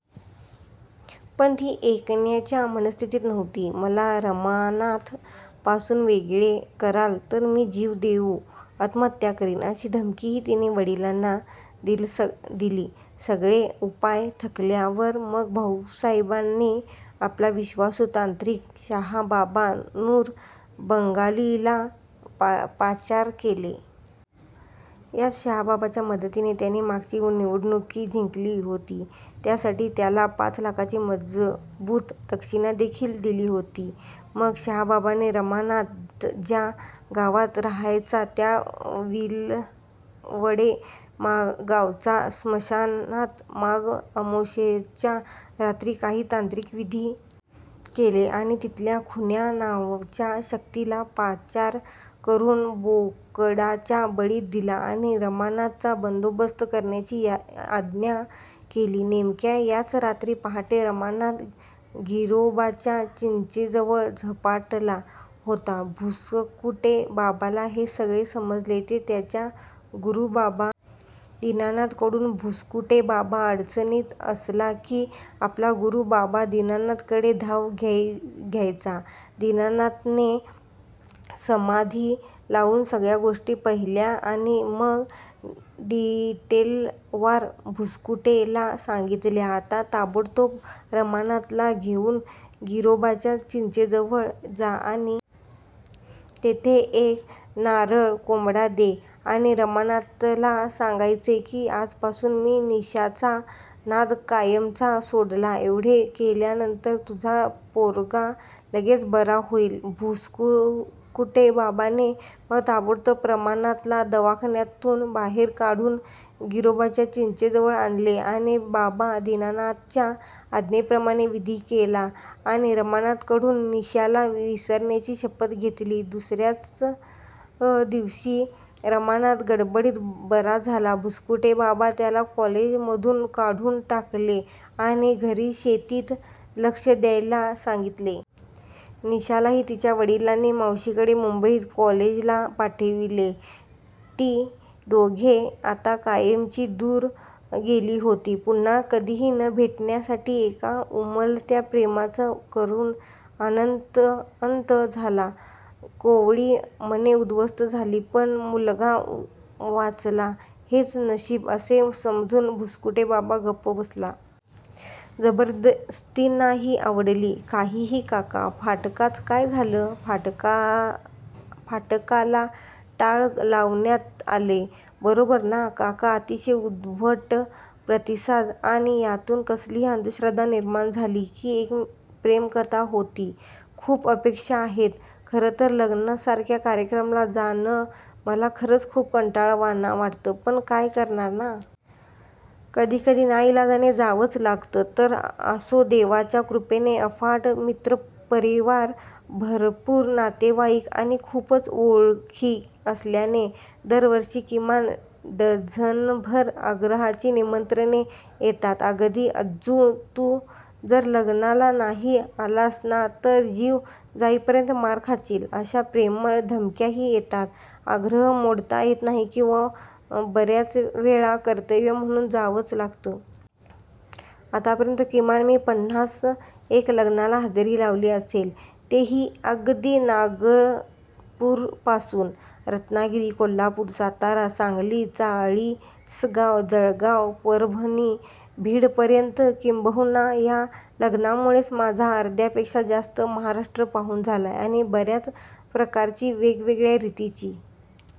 पण ती ऐकण्याच्या मनस्थितीत नव्हती"मला रमानाथ पासून वेगळे कराल तर मी जीव देवून आत्महत्या करीन" अशी धमकीही तिने वडिलांना दिलीसगळे उपाय थकल्या वर मग भाऊसाहेबांनी आपला विश्वासू तांत्रिक शाह बाबा नूर बंगाली ला पाचारण केले. याच शाह बाबाच्या मदतीने त्यांनी मागची निवडणूक जिंकली होतीत्यासाठी त्याला पाच लाखाची मजबूत दक्षिणा देखील दिली होतीमग शाह बाबाने रमानाथ ज्या गावात राहायचा त्या विलवडे गावाच्या स्मशानात माघ अमावास्येच्या रात्री काही तांत्रिक विधी केले, आणि तिथल्या "खुन्या" नावच्या शक्तीला पाचारण करून बोकडाचा बळी दिलाआणि रमानाथ चा बंदोबस्त करण्याची आज्ञा केलीनेमक्या त्याच रात्री पहाटे रमानाथ गिरोबाच्या चिंचेजवळ झपाटला होताभुसकुटे बाबाला हे सगळे समजले ते त्याच्या गुरु बाबा दीनानाथ कडूनभुसकुटे बाबा अडचणीत असला की आपला गुरु बाबा दीनानाथ कडे धाव घ्यायचादीनानाथ ने समाधी लावून सगळ्या गोष्टी पाहिल्या आणि मग डिटेलवार भुसकुटे ला सांगितल्याआता ताबडतोब रमानाथ ला घेवून गिरोबाच्या चिंचेजवळ जा आणि तिथे एक नारळ कोंबडा दे आणि रमानाथ ला सांगायचे की आजपासून मी निशाचा नाद कायमचा सोडलाएवढे केल्यानंतर तुझा पोरगा लगेच बरा होईलभुसकुटे बाबाने मग ताबडतोब रमानाथ ला दवाखान्यातून बाहेर काढून गिरोबाच्या चिंचे जवळ आणले, आणि बाबा दीनानाथच्या आज्ञेप्रमाणे विधी केला आणि रमानाथ कडून निशाला विसरण्याची शपथ घेतलीदुसर्यारच दिवशी रमानाथ खडखडीत बरा झाला, भुसकुटे बाबाने त्याला कॉलेज मधून काढून टाकलेआणि घरी शेतीत लक्ष द्यायला सांगितले.. निशालाही तिच्या वडिलांनी मावशीकडे मुंबईत कॉलेजला पाठवलेटी दोघे आता कायमची दूर गेली होती.. पुन्हा कधीही न भेटण्यासाठीएका उमलत्या प्रेमाचा करुण अंत झाला, कोवळी मने उद्ध्वस्त झालीपण मुलगा वाचला हेच नशीब असे समजून भुसकुटे बाबा गप्प बसला! जबरदस्तनाही आवडली.. काहीहीकाका, फाटकाच काय झाल???? फाटकाला टाळं लावण्यात आलंय. बरोबर ना काका. अतिशय उद्धट प्रतिसाद आणी यातून कसली अंधश्रद्धा निर्माण झाली. ही प्रेमकथा होती?.. खुप अपेक्षा आहेत खरंतरं लग्नासारख्या कार्यक्रमाला जाणं मला खरचं खुप कंटाळणवाणं वाटतं पण काय करणार ना? कधी कधी नाईलाजाने जावचं लागत. तर असो, देवाच्या कृपेने अफाट मित्रपरिवार, भरपूर नातेवाईक आणि खुपच ओळखी असल्याने दरवर्षी किमान डझनभर आग्रहाची निमंत्रणे येतात अगदी "अज्जु तु जर लग्नाला नाही आलास ना तर जीव जाईपर्यंत मार खाशील" अशा प्रेमळ धमक्याही येतात, आग्रह मोडता येत नाही किंवा बर्याचवेळा कर्तव्य म्हणून जावचं लागतं. आतापर्यंत किमान मी पन्नास एक लग्नाला हजेरी लावली असेल.. ते ही अगदी नागपूरपासून रत्नागिरी, कोल्हापूर, सातारा, सांगली, चाळीसगाव, जळगाव, परभणी, बीडपर्यंत किंबहुना ह्या लग्नांमुळेच माझा अर्ध्यापेक्षा जास्त महाराष्ट्र पाहून झालाय आणि बर्याच प्रकारची, वेगळ्या रितीची